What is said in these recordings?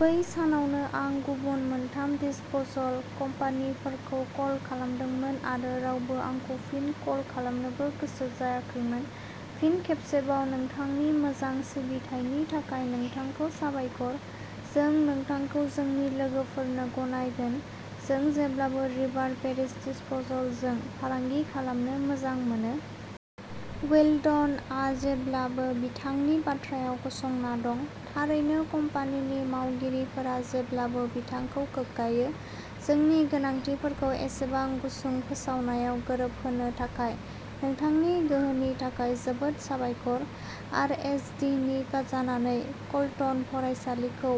बै सानावनो आं गुबुन मोनथाम दिस्प'सल कम्पानिफोरखौ कल खालामदोंमोन आरो रावबो आंखौ फिन कल खालामनोबो गोसो जायाखैमोन। फिन खेबसेबाव, नोंथांनि मोजां सिबिथायनि थाखाय नोंथांखौ साबायखर। जों नोंथांखौ जोंनि लोगोफोरनो गनायगोन। जों जेब्लाबो रिभार पेरिश दिस्प'सलजों फालांगि खालामनो मोजां मोनो। वेल्डनआ जेब्लाबो बिथांनि बाथ्रायाव गसंना दं। थारैनो कम्पानिनि मावगिरिफोरा जेब्लाबो बिथांखौ गोग्गायो। जोंनि गोनांथिफोरखौ एसेबां गुसुं फोसावनायाव गोरोबहोनो थाखाय नोंथांनि गोहोनि थाखाय जोबोद साबायखर। आर एस डिनि जानानै कल्टन फरायसालिखौ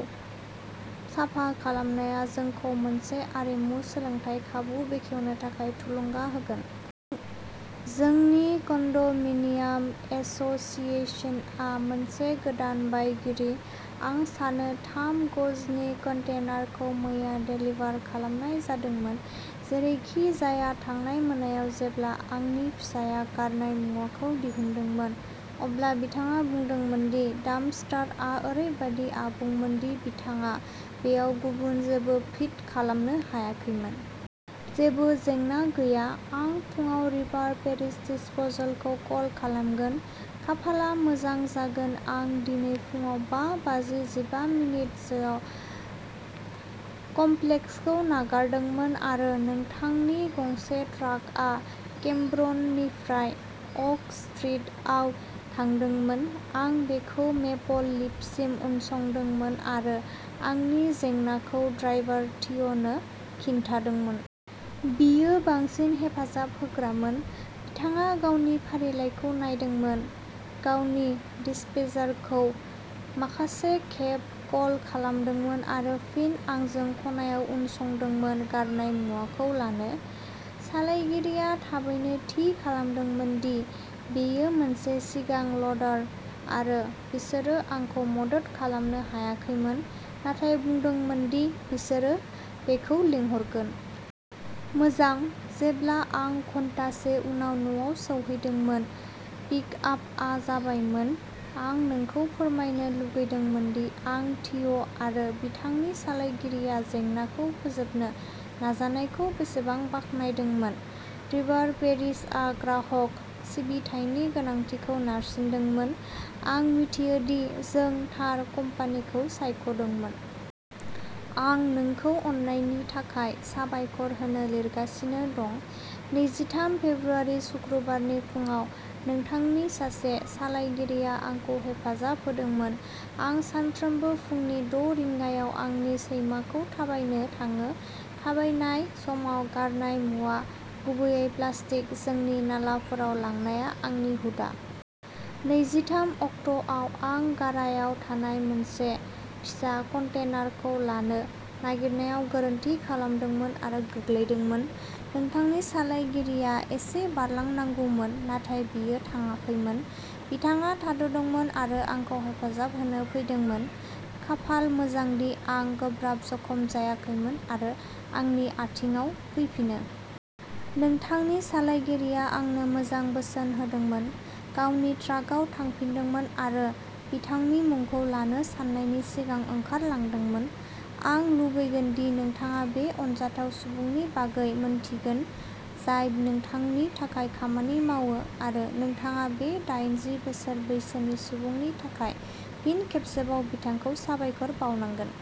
साफा खालामनाया जोंखौ मोनसे आरिमु सोलोंथाय खाबु बेखेवनो थाखाय थुलुंगा होगोन। जोंनि कन्ड'मिनियाम एस'सिएशनआ मोनसे गोदान बायगिरि। आं सानो थाम गजनि कन्टेनारखौ मैया देलिभार खालामनाय जादोंमोन। जेरैखिजाया, थांनाय मोनायाव जेब्ला आंनि फिसाया गारनाय मुवाखौ दिहुनदोंमोन, अब्ला बिथाङा बुंदोंमोन दि डाम्पस्टारआ ओरैबादि आबुंमोन दि बिथाङा बेयाव गुबुन जेबो फिट खालामनो हायाखैमोन। जेबो जेंना गैया, आं फुङाव रिभार पेरिश दिस्प'सलखौ कल खालामगोन। खाफालआ मोजां जागोन आं दिनै फुङाव बा बाजि जिबा मिनटसोआव कमप्लेक्सखौ नागारदोंमोन आरो नोंथांनि गंसे ट्राकआ केम्ब्र'ननिफ्राय अक स्ट्रिटआव थांदोंमोन। आं बेखौ मेपल लिफसिम उनसंदोंमोन आरो आंनि जेंनाखौ ड्राइभार थिय'नो खिन्थादोंमोन। बियो बांसिन हेफाजाब होग्रामोन। बिथाङा गावनि फारिलाइखौ नायदोंमोन। गावनि डिस्पेचारखौ माखासे खेब कल खालामदोंमोन आरो फिन आंजों खनायाव उनसंदोंमोन गारनाय मुवाखौ लानो। सालायगिरिया थाबैनो थि खालामदोंमोन दि बेयो मोनसे सिगां लडार आरो बिसोरो आंखौ मदद खालामनो हायाखैमोन। नाथाय बुंदोंमोन दि बिसोरो बेखौ लिंहरगोन। मोजां, जेब्ला आं घन्टासे उनाव न'आव सौहैदोंमोन, पिकआपआ जाबायमोन। आं नोंखौ फोरमायनो लुगैदोंमोन दि आं थिय'आरो बिथांनि सालायगिरिया जेंनाखौ फोजोबनो नाजानायखौ बेसेबां बाख्नायदोंमोन। रिभार पेरिसआ ग्राहक सिबिथायनि गोनांथिखौ नारसिनदोंमोन। आं मिथियो दि जों थार कम्पानिखौ सायख'दोंमोन। आं नोंखौ अननायनि थाखाय साबायखर होनो लिरगासिनो दं। नैजिथाम फेब्रुआरि सुक्रुबारनि फुङाव नोंथांनि सासे सालायगिरिया आंखौ हेफाजाब होदोंमोन। आं सानफ्रोमबो फुंनि द' रिंगायाव आंनि सैमाखौ थाबायनो थाङो। थाबायनाय समाव गारनाय मुवा गुबैयै प्लास्टिक, जोंनि नालाफोराव लांनाया आंनि हुदा। नैजिथाम अक्ट'आव, आं गारायाव थानाय मोनसे फिसा कन्टेनारखौ लानो नागिरनायाव गोरोन्थि खालामदोंमोन आरो गोग्लैदोंमोन। नोंथांनि सालायगिरिया एसे बारलांनांगौमोन। नाथाय बियो थाङाखैमोन। बिथाङा थाद'दोंमोन आरो आंखौ हेफाजाब होनो फैदोंमोन। खाफाल मोजांदि, आं गोब्राब जखम जायाखैमोन आरो आंनि आथिङाव फैफिनो। नोंथांनि सालायगिरिया आंनो मोजां बोसोन होदोंमोन‌। गावनि ट्राकआव थांफिनदोंमोन आरो बिथांनि मुंखौ लानो साननायनि सिगां ओंखारलांदोंमोन। आं लुबैगोन दि नोंथाङा बे अनजाथाव सुबुंनि बागै मिन्थिगोन। जाय नोंथांनि थाखाय खामानि मावो आरो नोंथाङा बे डायनजि बोसोर बैसोनि सुबुंनि थाखाय फिन खेबसेबाव बिथांखौ साबायखर बावनांगोन।